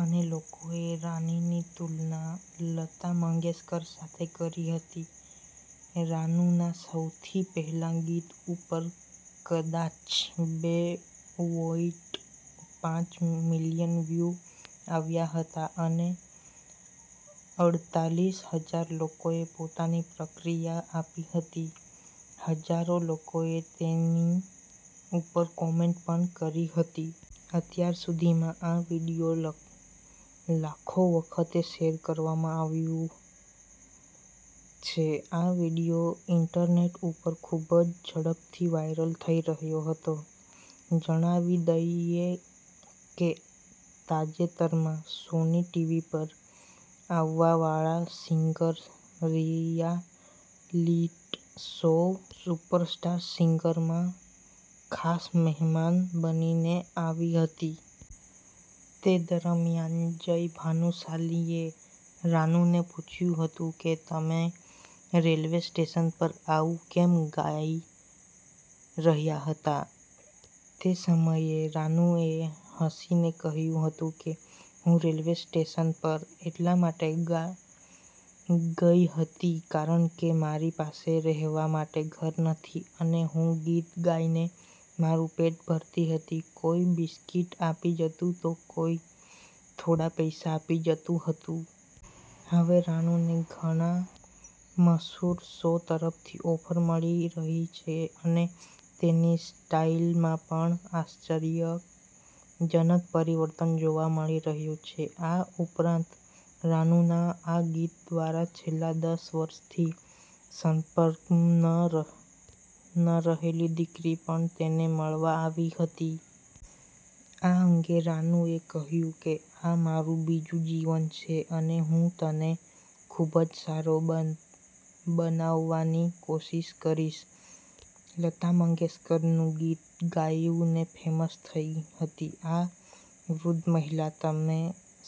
અને લોકોએ રાનુંની તુલના લતા મંગેશકર સાથે કરી હતી. રાનુના સૌથી પહેલા ગીત ઉપર કદાચ બે પોઈંટ પાંચ મિલિયન વ્યુ આવ્યા હતા અને અડતાલીસ હજાર લોકોએ પોતાની પ્રક્રિયા આપી હતી. હજારો લોકોએ તેની ઉપર કમેન્ટ પણ કરી હતી. અત્યાર સુધીમાં આ વીડિયો લાખો વખત શેર કરવામાં આવી છે. આ વીડિયો ઇન્ટરનેટ ઉપર ખૂબ જ ઝડપથી વાયરલ થઈ રહ્યો હતો. જણાવી દઈએ કે, તાજેતરમાં સોની ટીવી પર આવવા વાળા સિંગર રિયાલિટી શો 'સુપરસ્ટાર સિંગર'માં ખાસ મહેમાન બનીને આવી હતી. તે દરમ્યાન જય ભાનુશાલીએ રાનુંને પૂછ્યું હતું કે, તમે રેલ્વે સ્ટેશન પર આવું કેમ ગાઇ રહ્યા હતા. તે સમયે રાનું એ હસીને કહ્યું હતું કે, હું રેલવે સ્ટેશન પર એટલા માટે ગઈ હતી કારણ કે મારી પાસે રહેવા માટે ઘર નથી અને હું ગીત ગાય ને મારું પેટ ભરતી હતી કોઈ બિસ્કીટ આપી જતું તો પછી કોઈ થોડા પૈસા આપી જતું હતું. હવે રાનુંને ઘણા મશહૂર શો તરફથી ઓફર મળી રહી છે અને તેની સ્ટાઈલમાં પણ આશ્ચર્યજનક પરિવર્તન જોવા મળી રહયું છે. આ ઉપરાંત રાનુંના આ ગીત દ્વારા છેલ્લા દસ વર્ષથી સંપર્કમાં ન રહેલી દીકરી પણ તેને મળવા આવી હતી. આ અંગે રાનું એ કહ્યુ કે, આ મારુ બીજું જીવન છે અને હું તને ખુબજ સારો બનાવવાની કોશિશ કરીશ. લતા મંગેશકરનું ગીત ગાયને ફેમસ થઈ હતી આ વૃદ્ધ મહિલા. તમે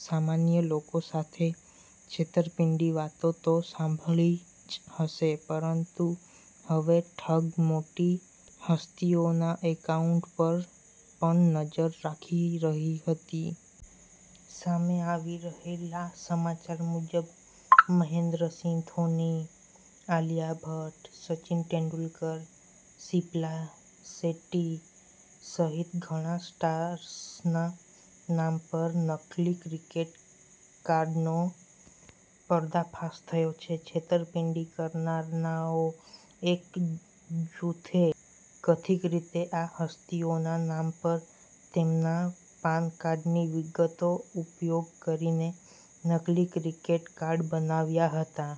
સામાન્ય લોકો સાથે છેતરપિંડીની વાતો તો સાંભળી જ હશે, પરંતુ હવે ઠગ મોટી હસ્તીઓના એકાઉન્ટ પર પણ નજર રાખી રહી હતી સામે આવી રહેલા સમાચાર મુજબ મહેન્દ્ર સિંહ ધોની, આલિયા ભટ્ટ, સચિન તેંડુલકર, શિપ્લા શેટ્ટી સહિત ઘણા સ્ટાર્સના નામ પર નકલી ક્રેડિટ કાર્ડનો પર્દાફાશ થયો છે. છેતરપિંડી કરનારાઓના એક જૂથે કથિત રીતે આ હસ્તીઓના નામ પર તેમના પાન કાર્ડની વિગતોનો ઉપયોગ કરીને નકલી ક્રિકેટ કાર્ડ બનાવ્યા હતા.